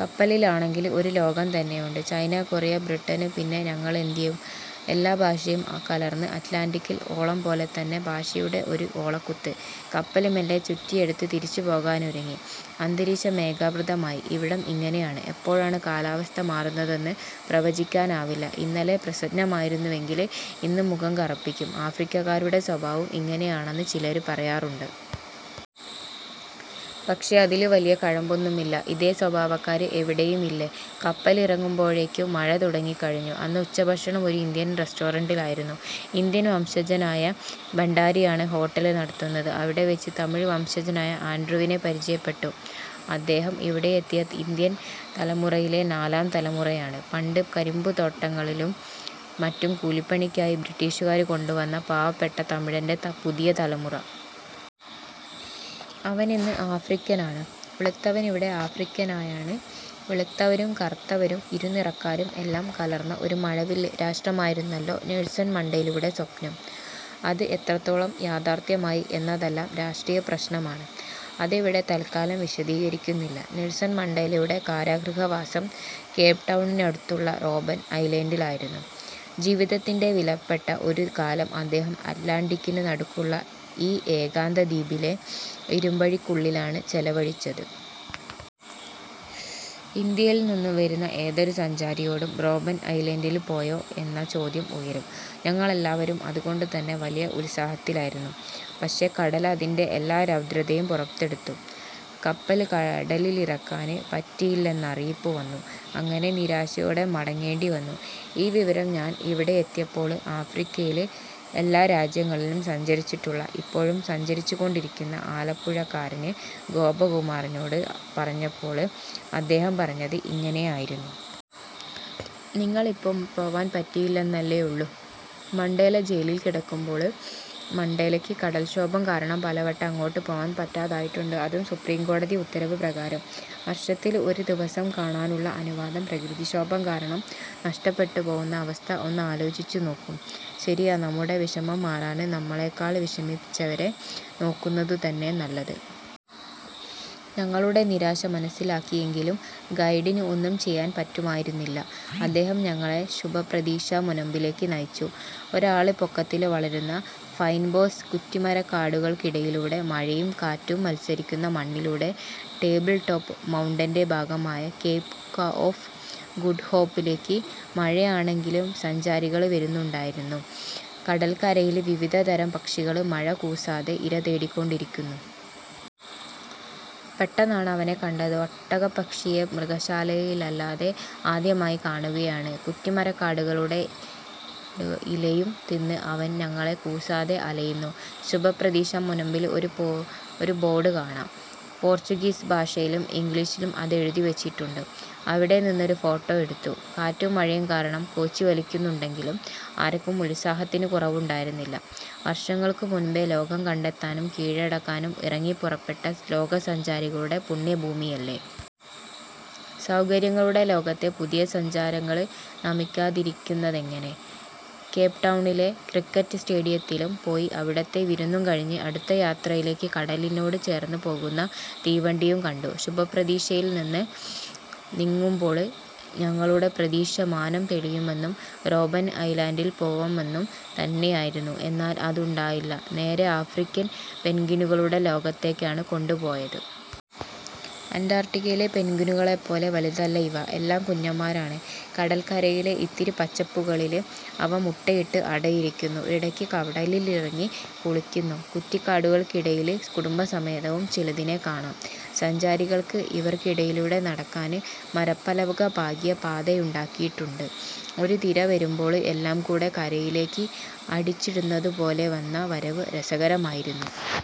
കപ്പലിലാണെങ്കില് ഒരു ലോകം തന്നെയുണ്ട്. ചൈന, കൊറിയ, ബ്രിട്ടന്, പിന്നെ ഞങ്ങളിന്ത്യയും, എല്ലാ ഭാഷയും കലര്ന്ന് അറ്റ്ലാന്റിക്കിന്റെ ഓളംപോലെതന്നെ ഭാഷയുടെ ഒരു ഓളക്കുത്ത്. കപ്പല് മെല്ലെ ചുറ്റിയെടുത്ത് തിരിച്ചുപോകാനൊരുങ്ങി. അന്തരീക്ഷം മേഘാവൃതമായി. ഇവിടം ഇങ്ങനെയാണ് എപ്പോഴാണ് കാലാവസ്ഥ മാറുന്നതെന്ന് പ്രവചിക്കാനാവില്ല. ഇന്നലെ പ്രസന്നമായിരുന്നെങ്കില് ഇന്ന് മുഖം കറുപ്പിക്കും. ആഫ്രിക്കക്കാരുടെ സ്വഭാവവും ഇങ്ങനെയാണെന്ന് ചിലര് പറയാറുണ്ട്. പക്ഷേ, അതില് വലിയ കഴമ്പൊന്നുമില്ല. ഇതേ സ്വഭാവക്കാര് എവിടെയുമില്ലേ. കപ്പലിറങ്ങുമ്പോഴേക്കും മഴ തുടങ്ങിക്കഴിഞ്ഞു. അന്ന് ഉച്ചഭക്ഷണം ഒരു ഇന്ത്യന് റെസ്റ്റോറന്റിലായിരുന്നു. ഇന്ത്യന്വംശജനായ ഭണ്ഡാരിയാണ് ഹോട്ടല് നടത്തുന്നത്. അവിടെവെച്ച് തമിഴ് വംശജനായ ആന്ഡ്രൂവിനെ പരിചയപ്പെട്ടു. അദ്ദേഹം ഇവിടെയെത്തിയ ഇന്ത്യന് തലമുറയിലെ നാലാംതലമുറയാണ്. പണ്ട് കരിമ്പുതോട്ടങ്ങളിലും മറ്റും കൂലിപ്പണിക്കായി ബ്രിട്ടീഷുകാര് കൊണ്ടുവന്ന പാവപ്പെട്ട തമിഴന്റെ പുതിയതലമുറ. അവനിന്ന് ആഫ്രിക്കന് ആണ്. വെളുത്തവന് ഇവിടെ ആഫ്രിക്കാനയുമാണ്. വെളുത്തവരും കറുത്തവരും ഇരുനിറക്കാരും എല്ലാം കലര്ന്ന ഒരു മഴവില് രാഷ്ട്രമായിരുന്നല്ലോ നെല്സണ് മണ്ടേലയുടെ സ്വപ്നം. അത് എത്രത്തോളം യാഥാര്ഥ്യമായി എന്നതെല്ലാം രാഷ്ട്രീയ പ്രശ്നമാണ്. അതിവിടെ തത്കാലം വിശദീകരിക്കുന്നില്ല. നെല്സണ് മണ്ടേലയുടെ കാരാഗൃഹവാസം കേപ്ടൗണിനടുത്തുള്ള റോബന് ഐലന്ഡിലായിരുന്നു. ജീവിതത്തിന്റെ വിലപ്പെട്ട ഒരു കാലം അദ്ദേഹം അറ്റ്ലാന്റിക്കിനു നടുക്കുള്ള ഈ ഏകാന്തദ്വീപിലെ ഇരുമ്പഴികള്ക്കുള്ളിലാണ് ചെലവഴിച്ചത്. ഇന്ത്യയില്നിന്നു വരുന്ന ഏതൊരു സഞ്ചാരിയോടും റോബന് ഐലന്ഡില് പോയോ എന്ന ചോദ്യം ഉയരും. ഞങ്ങളെല്ലാവരും അതുകൊണ്ടുതന്നെ വലിയ ഉത്സാഹത്തിലായിരുന്നു. പക്ഷേ, കടല് അതിന്റെ എല്ലാ രൗദ്രതയും പുറത്തെടുത്തു. കപ്പല് കടലിലിറക്കാന് പറ്റില്ലെന്നറിയിപ്പു വന്നു. അങ്ങനെ നിരാശയോടെ മടങ്ങേണ്ടിവന്നു. ഈ വിവരം ഞാന് ഇവിടെയെത്തിയപ്പോള് ആഫ്രിക്കയില് എല്ലാ രാജ്യങ്ങളിലും സഞ്ചരിച്ചിട്ടുള്ള ഇപ്പോഴും സഞ്ചരിച്ചുകൊണ്ടിരിക്കുന്ന ആലപ്പുഴക്കാരന് ഗോപകുമാറിനോട് പറഞ്ഞപ്പോള് അദ്ദേഹം പറഞ്ഞത് ഇങ്ങനെയായിരുന്നു. ''നിങ്ങള്ക്കിപ്പോ പോവാന് പറ്റിയില്ലെന്നല്ലേ ഉള്ളൂ. മണ്ടേല ജയിലില് കിടക്കുമ്പോള് വിന്നി മണ്ടേലയ്ക്ക് കടല്ക്ഷോഭം കാരണം പലവട്ടം അങ്ങോട്ട് പോവാന് പറ്റാതായിട്ടുണ്ട്. അതും സുപ്രീംകോടതി ഉത്തരവ് പ്രകാരം വര്ഷത്തില് ഒരു ദിവസം കാണാനുള്ള അനുവാദം പ്രകൃതിക്ഷോഭം കാരണം നഷ്ടപ്പെട്ടുപോവുന്ന അവസ്ഥ ഒന്നാലോചിച്ചുനോക്കൂ. ' ശരിയാ നമ്മുടെ വിഷമം മാറാന് നമ്മളെക്കാള് വിഷമിച്ചവരെ നോക്കുന്നതുതന്നെ നല്ലത്. ഞങ്ങളുടെ നിരാശ മനസ്സിലാക്കിയെങ്കിലും ഗൈഡിന് ഒന്നും ചെയ്യാന് പറ്റുമായിരുന്നില്ല. അദ്ദേഹം ഞങ്ങളെ ശുഭപ്രതീക്ഷാ മുനമ്പിലേക്ക് നയിച്ചു. ഒരാള്പൊക്കത്തില് വളരുന്ന ഫൈന്ബോസ് കുറ്റിമരക്കാടുകള്ക്കിടയിലൂടെ മഴയും കാറ്റും മത്സരിക്കുന്ന മണ്ണിലൂടെ ടേബിള്ടോപ് മൗണ്ടന്റെ ഭാഗമായ കേപ് ഓഫ് ഗുഡ്ഹോപ്പിലേക്ക്. മഴയാണെങ്കിലും സഞ്ചാരികള് വരുന്നുണ്ടായിരുന്നു. കടല്ക്കരയില് വിവിധതരം പക്ഷികള് മഴ കൂസാതെ ഇരതേടിക്കൊണ്ടിരിക്കുന്നു. പെട്ടെന്നാണ് അവനെ കണ്ടത്, ഒട്ടകപ്പക്ഷിയെ. മൃഗശാലയിലല്ലാതെ ആദ്യമായി കാണുകയാണ്. കുറ്റിമരക്കാടുകളുടെ ഇലയും തിന്ന് അവന് ഞങ്ങളെ കൂസാതെ അലയുന്നു. ശുഭപ്രതീക്ഷാ മുനമ്പില് ഒരു ബോര്ഡ് കാണാം. പോര്ച്ചുഗീസ് ഭാഷയിലും ഇംഗ്ലീഷിലും അതെഴുതിവെച്ചിട്ടുണ്ട്. അവിടെനിന്നൊരു ഫോട്ടോ എടുത്തു. കാറ്റും മഴയും കാരണം കോച്ചിവലിക്കുന്നുണ്ടെങ്കിലും ആര്ക്കും ഉത്സാഹത്തിന് കുറവുണ്ടായിരുന്നില്ല. വര്ഷങ്ങള്ക്കുമുന്പ് ലോകം കണ്ടെത്താനും കീഴടക്കാനും ഇറങ്ങിപ്പുറപ്പെട്ട ലോകസഞ്ചാരികളുടെ പുണ്യഭൂമിയല്ലേ. സൗകര്യങ്ങളുടെ ലോകത്തെ പുതിയ സഞ്ചാരികള് നമിക്കാതിരിക്കുന്നതെങ്ങനെ. കേപ്ടൗണിലെ ക്രിക്കറ്റ് സ്റ്റേഡിയത്തിലും പോയി. അവിടുത്തെ വിരുന്നും കഴിഞ്ഞ് അടുത്ത യാത്രയിലേക്ക്. കടലിനോട് ചേര്ന്ന് പോകുന്ന തീവണ്ടിയും കണ്ടു. ശുഭപ്രതീക്ഷയില്നിന്ന് നീങ്ങുമ്പോള് ഞങ്ങളുടെ പ്രതീക്ഷ മാനം തെളിയുമെന്നും റോബന് ഐലന്ഡില് പോവുമെന്നും തന്നെയായിരുന്നു. എന്നാല് അതുണ്ടായില്ല. നേരെ ആഫ്രിക്കന് പെന്ഗ്വിനുകളുടെ ലോകത്തേക്കാണ് കൊണ്ടുപോയത്. അന്റാര്ട്ടിക്കയിലെ പെന്ഗ്വിനുകളെപ്പോലെ വലുതല്ല ഇവ. എല്ലാം കുഞ്ഞന്മാരാണ്. കടല്ക്കരയിലെ ഇത്തിരി പച്ചപ്പുകളില് അവ മുട്ടയിട്ട് അടയിരിക്കുന്നു. ഇടയ്ക്ക് കടലിലിറങ്ങി കുളിക്കുന്നു. കുറ്റിക്കാടുകള്ക്കിടയില് കുടുംബസമേതവും ചിലതിനെ കാണാം. സഞ്ചാരികള്ക്ക് ഇവര്ക്കിടയിലൂടെ നടക്കാന് മരപ്പലക പാകിയ പാതയുണ്ടാക്കിയിട്ടുണ്ട്. ഒരു തിര വരുമ്പോള് എല്ലാം കൂടെ കരയിലേക്ക് അടിച്ചിടുന്നതുപോലെ വന്ന വരവ് രസകരമായിരുന്നു.